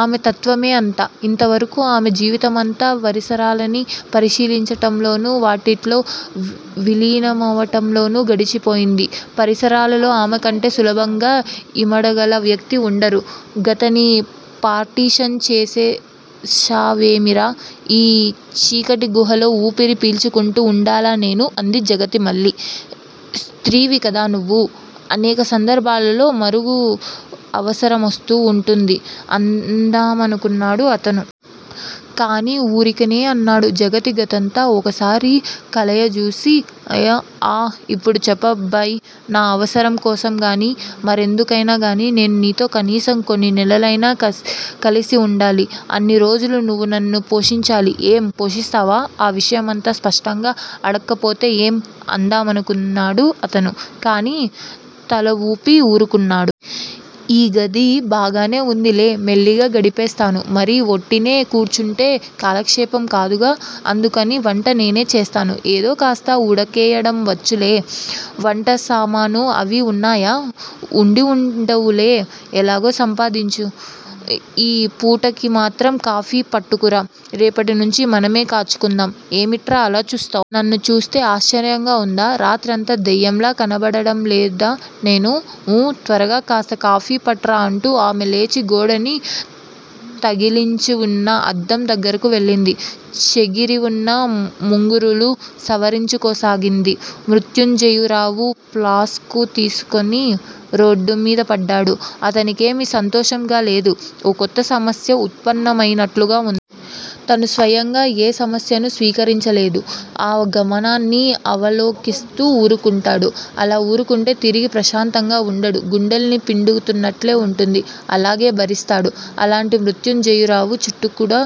ఆమె తత్త్వమే అంత. ఇంతవరకూ ఆమె జీవితమంతా పరిసరాలని పరిశీలించటంలోనూ, వాటిల్లో విలీనమవటంలోనూ గడిచిపోయింది. పరిసరాలలో ఆమెకంటే సులభంగా యిమడగల వ్యక్తి వుండరు. గతని పార్టిషన్ చేసేశావేమిరా? ఆ చీకటిగుహలో ఊపిరి పీల్చుకుంటూ వుండాలా నేను? అంది జగతి మళ్ళీ. స్త్రీవికదా నువ్వు. అనేక సందర్భాలలో మరుగు అవసరమొస్తూ వుంటుంది అందామనుకున్నాడు అతను. కాని ఊరికినే అన్నాడు. జగతి గదంతా ఓకసారి కలయజూసి ఆఁ, ఇప్పుడు చెప్పబ్బాయి, నా అవసరం కోసంగానీ, మరెందుకైనాగానీ నేను నీతో కనీసం కొన్నినెలలైనా కలిసివుండాలి. అన్నిరోజులూ నువ్వు నన్ను పోషించాలి. ఏం, పోషిస్తావా? ఆ విషయమంత స్పష్టంగా అడక్కపోతే ఏం? అందామనుకున్నాడు అతను. కాని తలవూపి ఊరుకున్నాడు. ఈగది బాగానేవుందిలే. మెల్లిగా గడిపేస్తాను. మరి ఒట్టినే కూచుంటే కాలక్షేపం కాదుగా, అందుకని వంట నేనే చేస్తాను. యేదో కాస్త ఉడకేయటం వచ్చులే. వంటసామానూ అవీ వున్నాయా! వుండి వుండవులే! ఎలాగో సంపాదించు. ఈ పూటకిమాత్రం కాఫీ పట్టుకురా. రేపట్నుంచీ మనమే కాచుకుందాం. ఏమిట్రా అలా చూస్తావ్! నన్ను చూస్తే ఆశ్చర్యంగా వుందా? రాత్రి అంత దెయ్యంలా కనబడటంలేదా నేను? ఊఁ, త్వరగా కాస్త కాఫీ పట్రా అంటూ ఆమె లేచి గోడని తగిలించివున్న అద్దం దగ్గరకు వెళ్ళింది. చెగిరీవున్న ముంగురులు సవరించుకోసాగింది. మృత్యంజయరావు ఫ్లాస్కు తీసుకుని రోడ్డుమీదపడ్డాడు. అతనికేమీ సంతోషంగాలేదు. ఓ కొత్త సమస్య ఉత్పన్నమయినట్లుగా వుంది. తను స్వయంగా ఏ సమస్యనూ స్వీకరించలేడు. ఆ ఒక గమనాన్ని అవలోకిస్తూ ఊరుకుంటాడు. అలా ఊరుకుంటే తిరిగి ప్రశాంతంగా వుండదు. గుండెల్ని పిండుతున్నట్లే వుంటుంది. అలాగే భరిస్తాడు. అలాంటి మృత్యుంజయరావు చుట్టూకూడా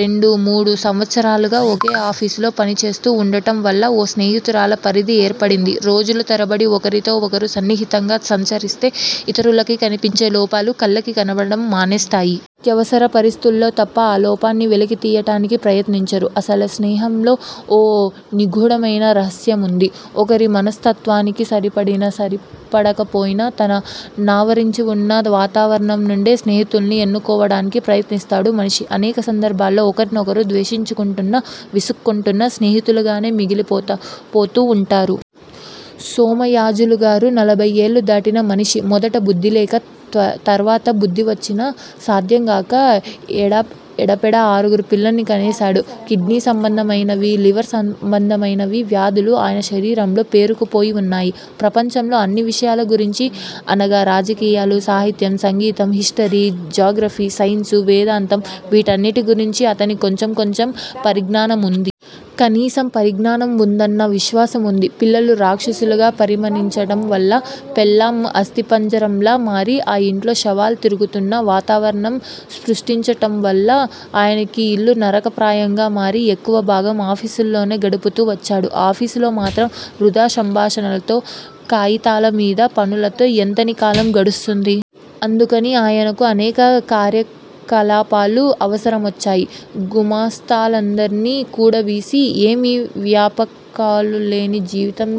రెండుమూడు సంవత్సరాలుగా ఒకే ఆఫీసులో పనిచేస్తూ వుండటంవల్ల ఓ స్నేహితుల పరిధి ఏర్పడింది. రోజులతరబడి ఒకరితో ఒకరు సన్నిహితంగా సంచరిస్తే యితరులకి కనిపించే లోపాలు కళ్ళకి కనబడటం మానేస్తాయి. అత్యవసర పరిస్థితుల్లో తప్ప ఆ లోపాన్ని వెలికి తియ్యటానికి ప్రయత్నించరు. అసలు స్నేహంలో ఓ నిగూఢమైన రహస్యముంది. ఒకరి మనస్తత్వానికి సరిపడినా సరిపడకపోయినా తన నావరించివున్న వాతావరణం నుండే స్నేహితుల్ని ఎన్నుకోవటానికి ప్రయత్నిస్తాడు మనిషి. అనేక సందర్భాలలో ఒకరినొకరు ద్వేషించుకుంటున్నా, విసుక్కుంటున్నా స్నేహితులగానే మిగిలిపోతూ వుంటారు. సోమయాజులుగారు నలభయ్యేళ్ళు దాటిన మనిషి. మొదట బుద్ధిలేకా, తర్వాత బుద్ధివచ్చినా సాధ్యంగాకా ఎడాపెడా ఆరుగురు పిల్లల్ని కనేశాడు. కిడ్నీ సంబంధమైనవీ, లివర్ సంబంధమైనవీ వ్యాధులు ఆయన శరీరంలో పేరుకుపోయి వున్నాయి. ప్రపంచంలో అన్ని విషయాల గురించీ అనగా రాజకీయాలూ, సాహిత్యం, సంగీతం, హిస్టరీ, జాగ్రఫీ, సైన్సు, వేదాంతం వీటన్నిటిగురించీ అతనికి కొంచెం కొంచెం పరిజ్ఞానంవుంది. కనీసం పరిజ్ఞానం వుందన్న విశ్వాసం వుంది. పిల్లలు రాక్షసులుగా పరిణమించడం వల్లా, పెళ్ళాం అస్థిపంజరంలా మారి ఆ యింట్లో శవాలు తిరుగుతున్న వాతావరణం సృష్టించటంవల్లా ఆయనకి యిల్లు నరకప్రాయంగా మారి ఎక్కువ భాగం ఆఫీసులోనే గడుపుతూ వచ్చాడు. ఆఫీసులోమాత్రం వృధా సంభాషణలతో, కాయితాలమీద పనులతో ఎంతని కాలం గడుస్తుంది? అందుకని ఆయనకు అనేక కార్యకలాపాలు అవసరమొచ్చాయి. గుమాస్తాలందర్నీ కూడదీసి ఏమీ వ్యాపకాలులేని జీవితం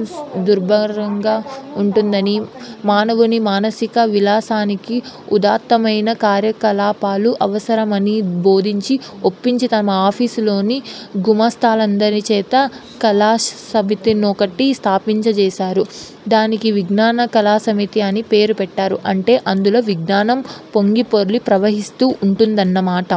దుర్భరంగా వుంటుందనీ, మానవుని మానసిక విలాసానికి ఉదాత్తమైన కార్యకలాపాలు అవసరమనీ బోధించి, ఒప్పించి తమ ఆఫీసులోని గుమాస్తాలందరిచేతా కళాసమితినొకటి స్థాపించజేశారు. దానికి విజ్ఞాన కళాసమితి అని పేరుపెట్టారు. అంటే అందులో విజ్ఞానం పొంగిపొర్లి ప్రవహిస్తూ వుంటుందన్నమాట.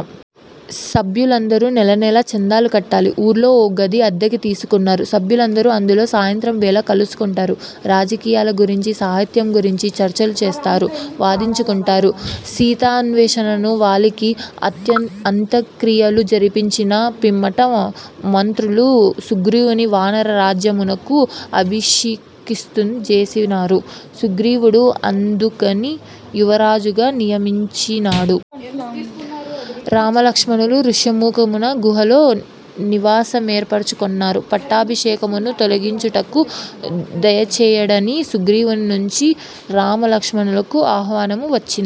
సభ్యులందరూ నెలనెలా చందాలు కట్టాలి. ఊళ్ళో ఓ గది అద్దెకి తీసుకున్నారు. సభ్యులందరూ అందులో సాయంత్రంవేళ కలుసుకుంటారు. రాజకీయాలగురించీ, సాహిత్యంగురించీ చర్చలు చేస్తారు, వాదించుకుంటారు. సీతాన్వేషణము వాలికి అంత్యక్రియలను జరిపించిన పిమ్మట మంత్రులు సుగ్రీవుని వానర రాజ్యమునకు అభిషిక్తుని జేసినారు. సుగ్రీవుడు అంగదుని యువరాజుగా నియమించినాడు. రామలక్ష్మణులు ఋష్యమూకమున గుహలో నివాసమేర్పరుచుకొన్నారు. 'పట్టాభిషేకమును తిలకించుటకు దయచేయుడ'ని సుగ్రీవుని నుండి రామ లక్ష్మణులకు ఆహ్వానము వచ్చినది.